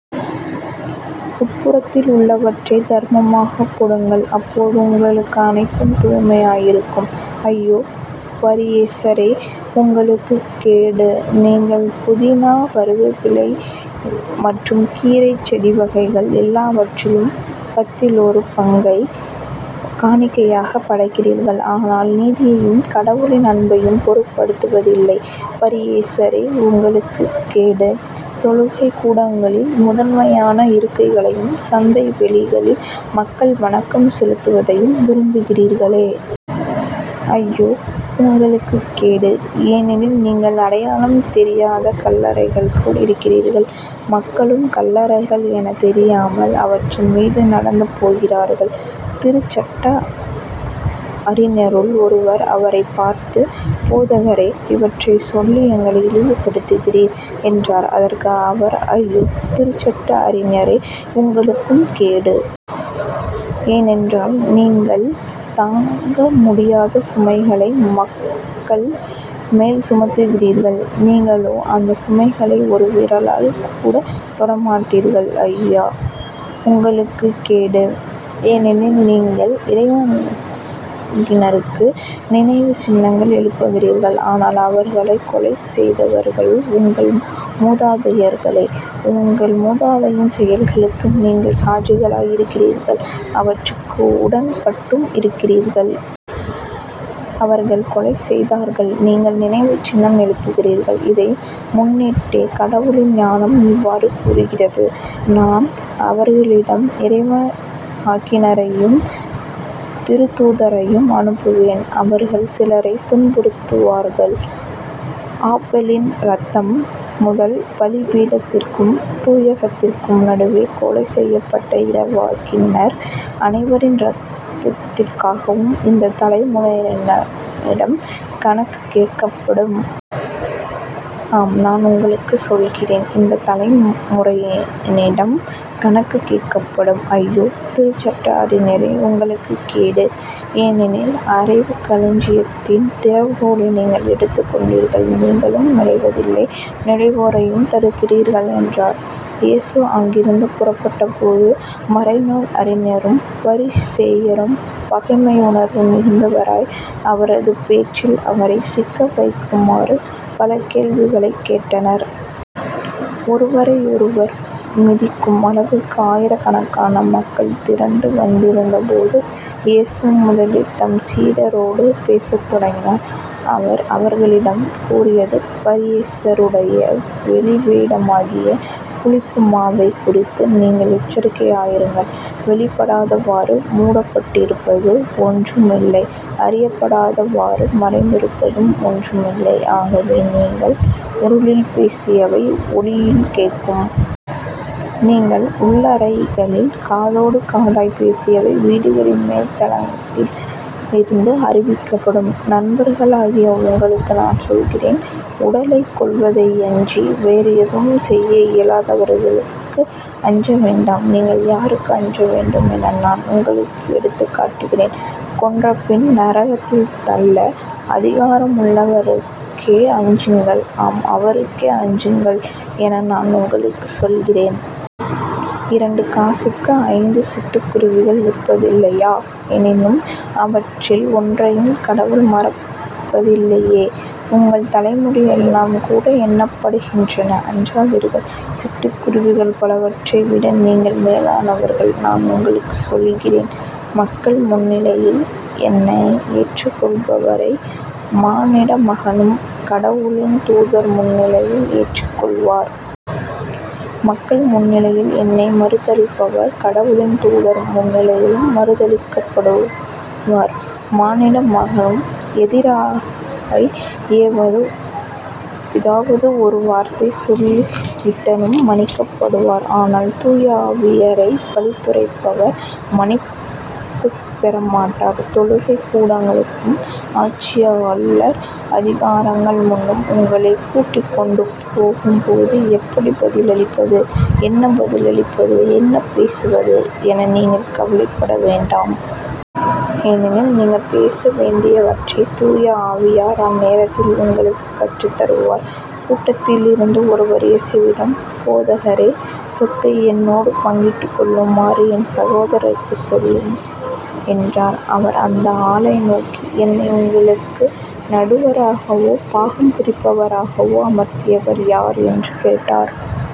உட்புறத்தில் உள்ளவற்றைத் தர்மமாகக் கொடுங்கள். அப்பொழுது உங்களுக்கு அனைத்தும் தூய்மையாயிருக்கும். ஐயோ. பரியேசரே உங்களுக்குக் கேடு. நீங்கள் புதினா கறிவிலை மற்றும் கீரைச் செடிவகைகள் எல்லாவற்றிலும் பத்திலொரு பங்கைக் காணிக்கையாகப் படைக்கிறீர்கள். ஆனால் நீதியையும் கடவுளின் அன்பையும் பொருட்படுத்துவதில்லை. பரிசேயரே உங்களுக்குக் கேடு. தொழுகைக் கூடங்களில் முதன்மையான இருக்கைகளையும் சந்தை வெளிகளில் மக்கள் வணக்கம் செலுத்துவதையும் விரும்புகிறீர்களே. ஐயோ. உங்களுக்குக் கேடு. ஏனெனில் நீங்கள் அடையாளம் தெரியாத கல்லறைகள்போல் இருக்கிறீர்கள். மக்களும் கல்லறைகள் எனத் தெரியாமல் அவற்றின் மீது நடந்து போகிறார்கள். திருச்சட்ட அறிஞருள் ஒருவர் அவரைப் பார்த்து போதகரே இவற்றைச் சொல்லி எங்களை இழிவுபடுத்துகிறீர் என்றார். அதற்கு அவர் ஐயோ. திருச்சட்ட அறிஞரே உங்களுக்கும் கேடு. ஏனென்றால் நீங்கள் தாங்க முடியாத சுமைகளை மக்கள் மேல் சுமத்துகிறீர்கள் நீங்களோ அந்தச் சுமைகளை ஒரு விரலால் கூடத் தொடமாட்டீர்கள். ஐயா. உங்களுக்குக் கேடு. ஏனெனில் நீங்கள் இறைவாக்கினருக்கு நினைவுச் சின்னங்கள் எழுப்புகிறீர்கள். ஆனால் அவர்களைக் கொலை செய்தவர்கள் உங்கள் மூதாதையர்களே. உங்கள் மூதாதையின் செயல்களுக்கு நீங்கள் சாட்சிகளாய் இருக்கிறீர்கள் அவற்றுக்கு உடன்பட்டும் இருக்கிறீர்கள். அவர்கள் கொலை செய்தார்கள் நீங்கள் நினைவுச் சின்னம் எழுப்புகிறீர்கள். இதை முன்னிட்டே கடவுளின் ஞானம் இவ்வாறு கூறுகிறது நான் அவர்களிடம் இறைவாக்கினரையும் திருத்தூதரையும் அனுப்புவேன். அவர்களுள் சிலரைத் துன்புறுத்துவார்கள். ஆபெலின் இரத்தம்முதல் பலிபீடத்திற்கும் தூயகத்திற்கும் நடுவே கொலை செய்யப்பட்ட இறைவாக்கினர் அனைவரின் இரத்தத்திற்காகவும் இந்தத் தலைமுறையினரிடம் கணக்குக் கேட்கப்படும். ஆம் நான் உங்களுக்குச் சொல்கிறேன் இந்த தலைமுறையினிடம் கணக்குக் கேட்கப்படும். ஐயோ. திருச்சட்ட அறிஞரே உங்களுக்குக் கேடு. ஏனெனில் அறிவுக் களஞ்சியத்தின் திறவுகோலை நீங்கள் எடுத்துக்கொண்டீர்கள். நீங்களும் நுழைவதில்லை நுழைவோரையும் தடுக்கிறீர்கள் என்றார். இயேசு அங்கிருந்து புறப்பட்டபோது மறைநூல் அறிஞரும் பரிசேயரும் பகைமையுணர்வு மிகுந்தவராய் அவரது பேச்சில் அவரைச் சிக்கவைக்குமாறு பல கேள்விகளைக் கேட்டனர். ஒருவரையொருவர் மிதிக்கும் அளவுக்கு ஆயிரக்கணக்கான மக்கள் திரண்டு வந்திருந்தபோது இயேசு முதலில் தம் சீடரோடு பேசத் தொடங்கினார். அவர் அவர்களிடம் கூறியது பரிசேயருடைய வெளிவேடமாகிய புளிப்பு மாவைக் குறித்து நீங்கள் எச்சரிக்கையாய் இருங்கள். வெளிப்படாதவாறு மூடப்பட்டிருப்பது ஒன்றும் இல்லை. அறியப்படாதவாறு மறைந்திருப்பதும் ஒன்றும் இல்லை. ஆகவே நீங்கள் இருளில் பேசியவை ஒளியில் கேட்கும். நீங்கள் உள்ளறைகளில் காதோடு காதாய்ப் பேசியவை வீடுகளின் மேல்தளத்திலிருந்து அறிவிக்கப்படும். நண்பர்களாகிய உங்களுக்கு நான் சொல்கிறேன் உடலைக் கொல்வதையன்றி வேறு எதுவும் செய்ய இயலாதவர்களுக்கு அஞ்ச வேண்டாம். நீங்கள் யாருக்கு அஞ்ச வேண்டுமென நான் உங்களுக்கு எடுத்துக் காட்டுகிறேன். கொன்றபின் நரகத்தில் தள்ள அதிகாரமுள்ளவருக்கே அஞ்சுங்கள் ஆம் அவருக்கே அஞ்சுங்கள் என நான் உங்களுக்குச் சொல்கிறேன். இரண்டு காசுக்கு ஐந்து சிட்டுக்குருவிகள் விற்பதில்லையா? எனினும் அவற்றில் ஒன்றையும் கடவுள் மறப்பதில்லையே. உங்கள் தலைமுடி எல்லாம் கூட எண்ணப்பட்டிருக்கின்றன. அஞ்சாதீர்கள் சிட்டுக்குருவிகள் பலவற்றை விட நீங்கள் மேலானவர்கள். நான் உங்களுக்குச் சொல்கிறேன் மக்கள் முன்னிலையில் என்னை ஏற்றுக் கொள்பவரை மானிடமகனும் கடவுளின் தூதர் முன்னிலையில் ஏற்றுக் கொள்வார். மக்கள் முன்னிலையில் என்னை மறுதலிப்பவர் கடவுளின் தூதர் முன்னிலையிலும் மறுதலிக்கப்படுவார். மானிடமகனுக்கு எதிராய் ஏதாவது ஒரு வார்த்தை சொல்லிவிட்டவரும் மன்னிக்கப்படுவார். ஆனால் தூய ஆவியாரைப் பழித்துரைப்பவர் மன்னிப்புப் பெறமாட்டார். தொழுகைக் கூடங்களுக்கும் ஆட்சியாளர் அதிகாரிகள் முன்னும் உங்களைக் கூட்டிக்கொண்டு போகும்போது எப்படிப் பதிலளிப்பது. என்ன பதில் அளிப்பது என்ன பேசுவது என நீங்கள் கவலைப்பட வேண்டாம். ஏனெனில் நீங்கள் பேசவேண்டியவற்றைத் தூய ஆவியார் அந்நேரத்தில் உங்களுக்குக் கற்றுத் தருவார். கூட்டத்திலிருந்து ஒருவர் இயேசுவிடம் போதகரே சொத்தை என்னோடு பங்கிட்டுக்கொள்ளுமாறு என் சகோதரருக்குச் சொல்லும் என்றார். அவர் அந்த ஆளை நோக்கி என்னை உங்களுக்கு நடுவராகவோ பாகம் பிரிப்பவராகவோ அமர்த்தியவர் யார்? என்று கேட்டார்.